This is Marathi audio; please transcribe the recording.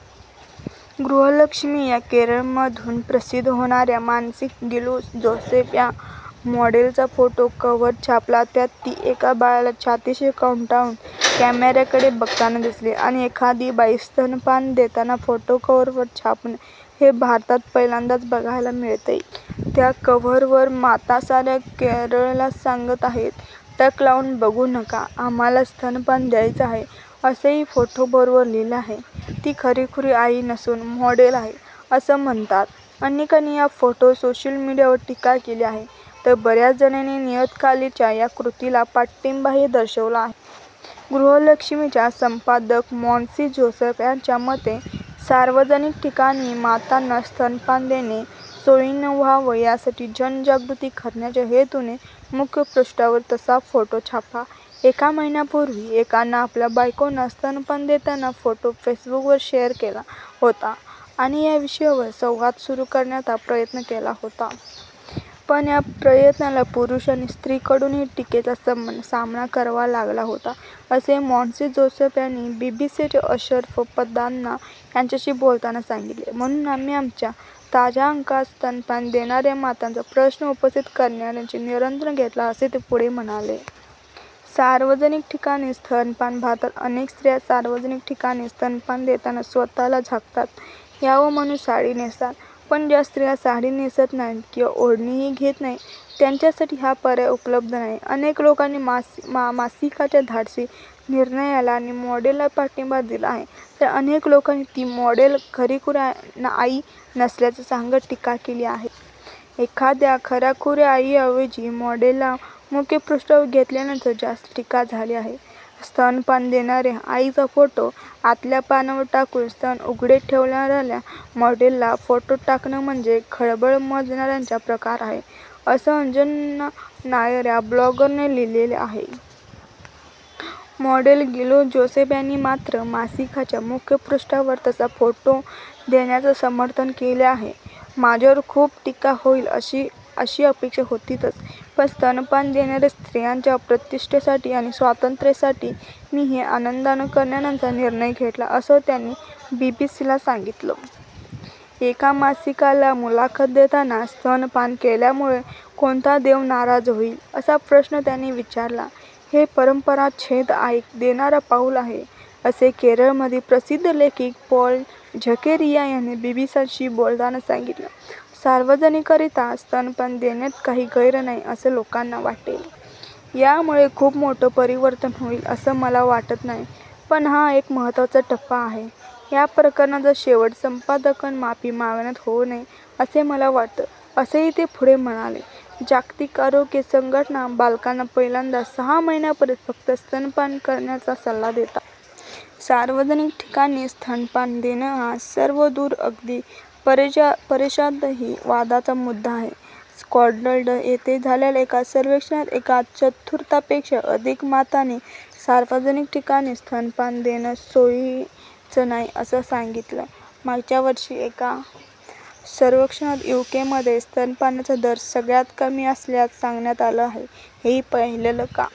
गृहलक्ष्मी या केरळमधून प्रसिद्ध होणाऱ्या मासिकानं गिलू जोसेफ या मॉडेलचा फोटो कव्हरवर छापला. त्यात ती एका बाळाला छातीशी कवटाळून कॅमेराकडे बघताना दिसते आहे. एखादी बाई स्तनपान देतानाचा फोटो कव्हरवर छापणं हे भारतात पहिल्यांदाच बघायला मिळतंय. त्या कव्हरवर माता साऱ्या केरळला सांगत आहेत टक लावून बघू नका, आम्हाला स्तनपान द्यायचं आहे, असंही फोटोबरोबर लिहिलेलं आहे. ती खरीखुरी आई नसून मॉडेल आहे, असं म्हणत अनेकांनी या फोटोवर सोशल मीडियावर टीका केली आहे, तर बऱ्याच जणांनी नियतकालिकाच्या या कृतीला पाठिंबाही दर्शवला आहे. गृहलक्ष्मीच्या संपादक मॉन्सी जोसेफ यांच्या मते, सार्वजनिक ठिकाणी मातांना स्तनपान देणं सोयीचं व्हावं यासाठी जनजागृती करण्याच्या हेतूनं मुखपृष्ठावर तसा फोटो छापला. एका महिन्यापूर्वी एकानं आपल्या बायकोचा स्तनपान देतानाचा फोटो फेसबुकवर शेअर केला होता आणि या विषयावर संवाद सुरू करण्याचा प्रयत्न केला होता. पण या प्रयत्नाला पुरुष आणि स्त्रियांकडूनही टीकेचा सामना करावा लागला होता, असं मॉन्सी जोसेफ यांनी बीबीसीचे अशरफ पदान्ना यांच्याशी बोलताना सांगितलं. म्हणून आम्ही आमच्या ताज्या अंकात स्तनपान देणाऱ्या मातांचा प्रश्न उपस्थित करण्याचा निर्णय घेतला, असं ते पुढे म्हणाले. सार्वजनिक ठिकाणी स्तनपान भारतात अनेक स्त्रिया सार्वजनिक ठिकाणी स्तनपान देताना स्वतःला झाकता यावं म्हणून साडी नेसतात. पण ज्या स्त्रिया साडी नेसत नाहीत किंवा ओढणीही घेत नाहीत, त्यांच्यासाठी हा पर्याय उपलब्ध नाही. अनेक लोकांनी मासिकाच्या धाडसी निर्णयाला आणि मॉडेलला पाठिंबा दिला आहे, तर अनेक लोकांनी ती मॉडेल खरीखुरी आई नसल्याचं सांगत टीका केली आहे. एखाद्या खऱ्याखुऱ्या आईऐवजी मॉडेलला मुखपृष्ठावर घेतल्यानं जास्त टीका झाली आहे. स्तनपान देणाऱ्या आईचा फोटो आतल्या पानावर टाकून स्तन उघडे ठेवणाऱ्या मॉडेलचा फोटो टाकणं म्हणजे खळबळ माजवण्याचा प्रकार आहे, असं अंजना नायर या ब्लॉगरनं लिहिलं आहे. मॉडेल गिलू जोसेफ यांनी मात्र मासिकाच्या मुखपृष्ठावर तसा फोटो देण्याचं समर्थन केलं आहे. माझ्यावर खूप टीका होईल अशी अपेक्षा होतीच. पण स्तनपान देणाऱ्या स्त्रियांच्या प्रतिष्ठेसाठी आणि स्वातंत्र्यासाठी मी हे आनंदानं करण्याचा निर्णय घेतला, असं त्यांनी बीबीसीला सांगितलं. एका मासिकाला मुलाखत देतांना स्तनपान केल्यामुळे कोणता देव नाराज होईल? असा प्रश्न त्यांनी विचारला. हे परंपरांना छेद देणारं पाऊल आहे, असं केरळमधील प्रसिद्ध लेखक पॉल झकेरिया यांनी बीबीसीशी बोलताना सांगितलं. सार्वजनिकरित्या स्तनपान देण्यात काही गैर नाही, असं लोकांना वाटेल. यामुळे खूप मोठं परिवर्तन होईल असं मला वाटत नाही, पण हा एक महत्त्वाचा टप्पा आहे. या प्रकरणाचा शेवट संपादकानं माफी मागण्यात होऊ नये असं मला वाटतं, असंही ते पुढे म्हणाले. जागतिक आरोग्य संघटना बालकांना पहिल्या सहा महिन्यापर्यंत फक्त स्तनपान करण्याचा सल्ला देतात. सार्वजनिक ठिकाणी स्तनपान देणं हा सर्वदूर अगदी परदेशातही वादाचा मुद्दा आहे. स्कॉटलंड येथे झालेल्या एका सर्वेक्षणात एक चतुर्थांपेक्षा अधिक मातांनी सार्वजनिक ठिकाणी स्तनपान देणं सोयीचं नाही असं सांगितलं. मागच्या वर्षी एका सर्वेक्षणात यूकेमध्ये स्तनपानाचा दर सगळ्यात कमी असल्याचं सांगण्यात आलं आहे. हेही पाहिलंत का?